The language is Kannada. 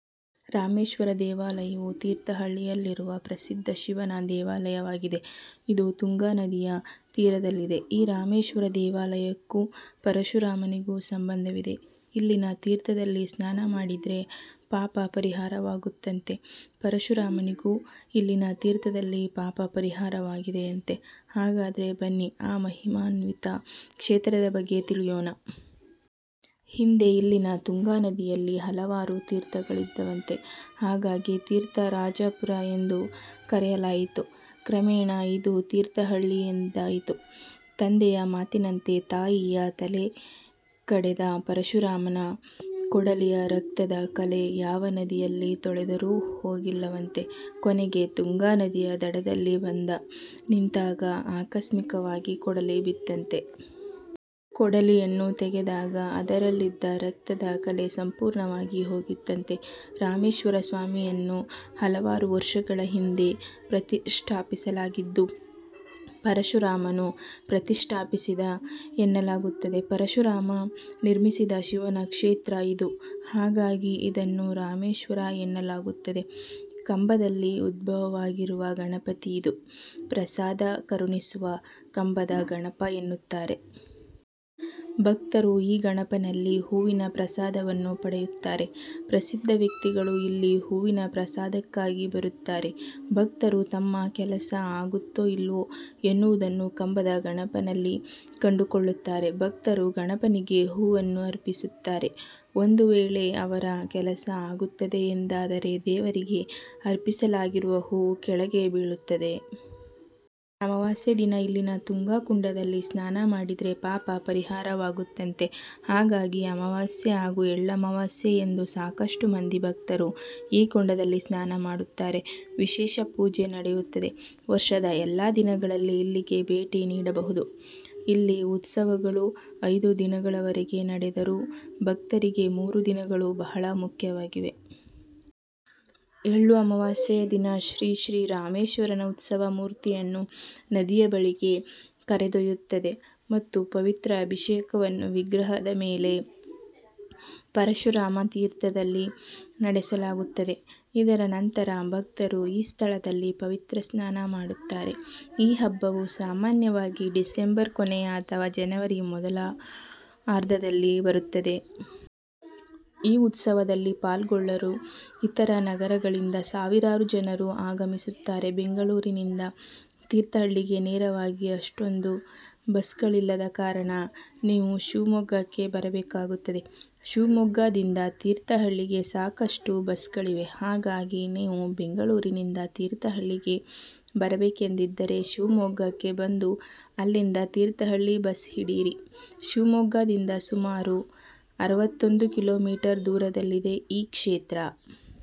ರಾಮೇಶ್ವರ ದೇವಾಲಯವು ತೀರ್ಥಹಳ್ಳಿಯಲ್ಲಿರುವ ಪ್ರಸಿದ್ಧ ಶಿವನ ದೇವಾಲಯವಾಗಿದೆ. ಇದು ತುಂಗಾ ನದಿಯ ತೀರದಲ್ಲಿದೆ. ಈ ರಾಮೇಶ್ವರ ದೇವಾಲಯಕ್ಕೂ ಪರಶುರಾಮನಿಗೂ ಸಂಬಂಧವಿದೆ. ಇಲ್ಲಿನ ತೀರ್ಥದಲ್ಲಿ ಸ್ನಾನ ಮಾಡಿದ್ರೆ ಪಾಪ ಪರಿಹಾರವಾಗುತ್ತಂತೆ. ಪರಶುರಾಮನಿಗೂ ಇಲ್ಲಿನ ತೀರ್ಥದಲ್ಲಿ ಪಾಪ ಪರಿಹಾರವಾಗಿದೆಯಂತೆ. ಹಾಗಾದ್ರೆ ಬನ್ನಿ ಆ ಮಹಿಮಾನಿತ್ವ ಕ್ಷೇತ್ರದ ಬಗ್ಗೆ ತಿಳಿಯೋಣ. ಹಿಂದೆ ಇಲ್ಲಿನ ತುಂಗಾ ನದಿಯಲ್ಲಿ ಹಲವಾರು ತೀರ್ಥಗಳಿದ್ದವಂತೆ ಹಾಗಾಗಿ ತೀರ್ಥ ರಾಜಪುರ ಎಂದು ಕರೆಯಲಾಯಿತು. ಕ್ರಮೇಣ ಇದು ತೀರ್ಥ ಹಳ್ಳಿಯೆಂದಾಯಿತು. ತಂದೆಯ ಮಾತಿನಂತೆ ತಾಯಿಯ ತಲೆ ಕಡೆದ ಪರಶುರಾಮನ ಕೊಡಲಿಯ ರಕ್ತದ ಕಲೆ ಯಾವ ನದಿಯಲ್ಲಿ ತೊಳೆದರೂ ಹೋಗಿಲ್ಲವಂತೆ ಕೊನೆಗೆ ತುಂಗಾ ನದಿಯ ದಡದಲ್ಲಿ ಬಂದ ನಿಂತಾಗ ಆಕಸ್ಮಿಕವಾಗಿ ಕೊಡಲಿ ಬಿತ್ತಂತೆ. ಕೊಡಲಿಯನ್ನು ತೆಗೆದಾಗ ಅದರಲ್ಲಿದ್ದ ರಕ್ತದ ಕಲೆ ಸಂಪೂರ್ಣವಾಗಿ ಹೋಗಿತ್ತಂತೆ. ರಾಮೇಶ್ವರ ಸ್ವಾಮಿಯನ್ನು ಹಲವಾರು ವರ್ಷಗಳ ಹಿಂದೆ ಪ್ರತಿಷ್ಠಾಪಿಸಲಾಗಿದ್ದು, ಪರಶುರಾಮನು ಪ್ರತಿಷ್ಠಾಪಿಸಿದ ಎನ್ನಲಾಗುತ್ತದೆ. ಪರಶುರಾಮ ನಿರ್ಮಿಸಿದ ಶಿವನ ಕ್ಷೇತ್ರ ಇದು ಹಾಗಾಗಿ ಇದನ್ನು ರಾಮೇಶ್ವರ ಎನ್ನಲಾಗುತ್ತದೆ. ಕಂಬದಲ್ಲಿ ಉದ್ಭವವಾಗಿರುವ ಗಣಪತಿ ಇದು. ಪ್ರಸಾದ ಕರುಣಿಸುವ ಕಂಬದ ಗಣಪ ಎನ್ನುತ್ತಾರೆ. ಭಕ್ತರು ಈ ಗಣಪನಲ್ಲಿ ಹೂವಿನ ಪ್ರಸಾದವನ್ನು ಪಡೆಯುತ್ತಾರೆ. ಪ್ರಸಿದ್ಧ ವ್ಯಕ್ತಿಗಳು ಇಲ್ಲಿ ಹೂವಿನ ಪ್ರಸಾದಕ್ಕಾಗಿ ಬರುತ್ತಾರೆ. ಭಕ್ತರು ತಮ್ಮ ಕೆಲಸ ಆಗುತ್ತೋ ಇಲ್ಲವೂ ಎನ್ನುವುದನ್ನು ಕಂಬದ ಗಣಪನಲ್ಲಿ ಕಂಡುಕೊಳ್ಳುತ್ತಾರೆ. ಭಕ್ತರು ಗಣಪನಿಗೆ ಹೂವನ್ನು ಅರ್ಪಿಸುತ್ತಾರೆ. ಒಂದು ವೇಳೆ ಅವರ ಕೆಲಸ ಆಗುತ್ತದೆ ಎಂದಾದರೆ ದೇವರಿಗೆ ಅರ್ಪಿಸಲಾಗಿರುವ ಹೂವು ಕೆಳಗೆ ಬೀಳುತ್ತದೆ. ಅಮವಾಸ್ಯೆ ದಿನ ಇಲ್ಲಿನ ತುಂಗಾ ಕುಂಡದಲ್ಲಿ ಸ್ನಾನ ಮಾಡಿದ್ರೆ ಪಾಪ ಪರಿಹಾರವಾಗುತ್ತದಂತೆ. ಹಾಗಾಗಿ ಅಮವಾಸ್ಯೆ ಹಾಗೂ ಎಳ್ಳಮವಾಸ್ಯೆಯಂದು ಸಾಕಷ್ಟು ಮಂದಿ ಭಕ್ತರು ಈ ಕುಂಡದಲ್ಲಿ ಸ್ನಾನ ಮಾಡುತ್ತಾರೆ. ವಿಶೇಷ ಪೂಜೆ ನಡೆಯುತ್ತದೆ. ವರ್ಷದ ಎಲ್ಲಾ ದಿನಗಳಲ್ಲಿ ಇಲ್ಲಿಗೆ ಭೇಟಿ ನೀಡಬಹುದು. ಇಲ್ಲಿ ಉತ್ಸವಗಳು ಐದು ದಿನಗಳವರೆಗೆ ನಡೆದರೂ ಭಕ್ತರಿಗೆ ಮೂರು ದಿನಗಳು ಬಹಳ ಮುಖ್ಯವಾಗಿವೆ. ಎಳ್ಳು ಅಮಾವಾಸ್ಯೆಯ ದಿನ, ಶ್ರೀ ಶ್ರೀ ರಾಮೇಶ್ವರನ ಉತ್ಸವ ಮೂರ್ತಿಯನ್ನು ನದಿಯಬಳಿಗೆ ಕರೆದೊಯ್ಯುತ್ತದೆ ಮತ್ತು ಪವಿತ್ರ ಅಭಿಷೇಕವನ್ನು ವಿಗ್ರಹದ ಮೇಲೆ ಪರಶುರಾಮ ತೀರ್ಥದಲ್ಲಿ ನಡೆಸಲಾಗುತ್ತದೆ. ಇದರ ನಂತರ ಭಕ್ತರು ಈ ಸ್ಥಳದಲ್ಲಿ ಪವಿತ್ರ ಸ್ನಾನ ಮಾಡುತ್ತಾರೆ. ಈ ಹಬ್ಬವು ಸಾಮಾನ್ಯವಾಗಿ ಡಿಸೆಂಬರ್ ಕೊನೆಯ ಅಥವಾ ಜನವರಿ ಮೊದಲಾರ್ಧದಲ್ಲಿ ಬರುತ್ತದೆ. ಈ ಉತ್ಸವದಲ್ಲಿ ಪಾಲ್ಗೊಳ್ಳಲು ಇತರ ನಗರಗಳಿಂದ ಸಾವಿರಾರು ಜನರನ್ನು ಆಗಮಿಸುತ್ತಾರೆ. ಬೆಂಗಳೂರಿನಿಂದ ತೀರ್ಥಹಳ್ಳಿಗೆ ನೇರವಾಗಿ ಅಷ್ಟೊಂದು ಬಸ್ಗಳಿಲ್ಲದ ಕಾರಣ ನೀವು ಶಿವಮೊಗ್ಗಕ್ಕೆ ಬರಬೇಕಾಗುತ್ತದೆ. ಶಿವಮೊಗ್ಗದಿಂದ ತೀರ್ಥಹಳ್ಳಿಗೆ ಸಾಕಷ್ಟು ಬಸ್ಗಳಿವೆ. ಹಾಗಾಗಿ ನೀವು ಬೆಂಗಳೂರಿನಿಂದ ತೀರ್ಥಹಳ್ಳಿಗೆ ಬರಬೇಕೆಂದಿದ್ದರೆ ಶಿವಮೊಗ್ಗಕ್ಕೆ ಬಂದು ಅಲ್ಲಿಂದ ತೀರ್ಥಹಳ್ಳಿ ಬಸ್ ಹಿಡಿಯಿರಿ. ಶಿವಮೊಗ್ಗದಿಂದ ಸುಮಾರು ಅರವತ್ತೊಂದು ಕಿಲೊ ಮೀಟರ್ ದೂರದಲ್ಲಿದೆ ಈ ಕ್ಷೇತ್ರ.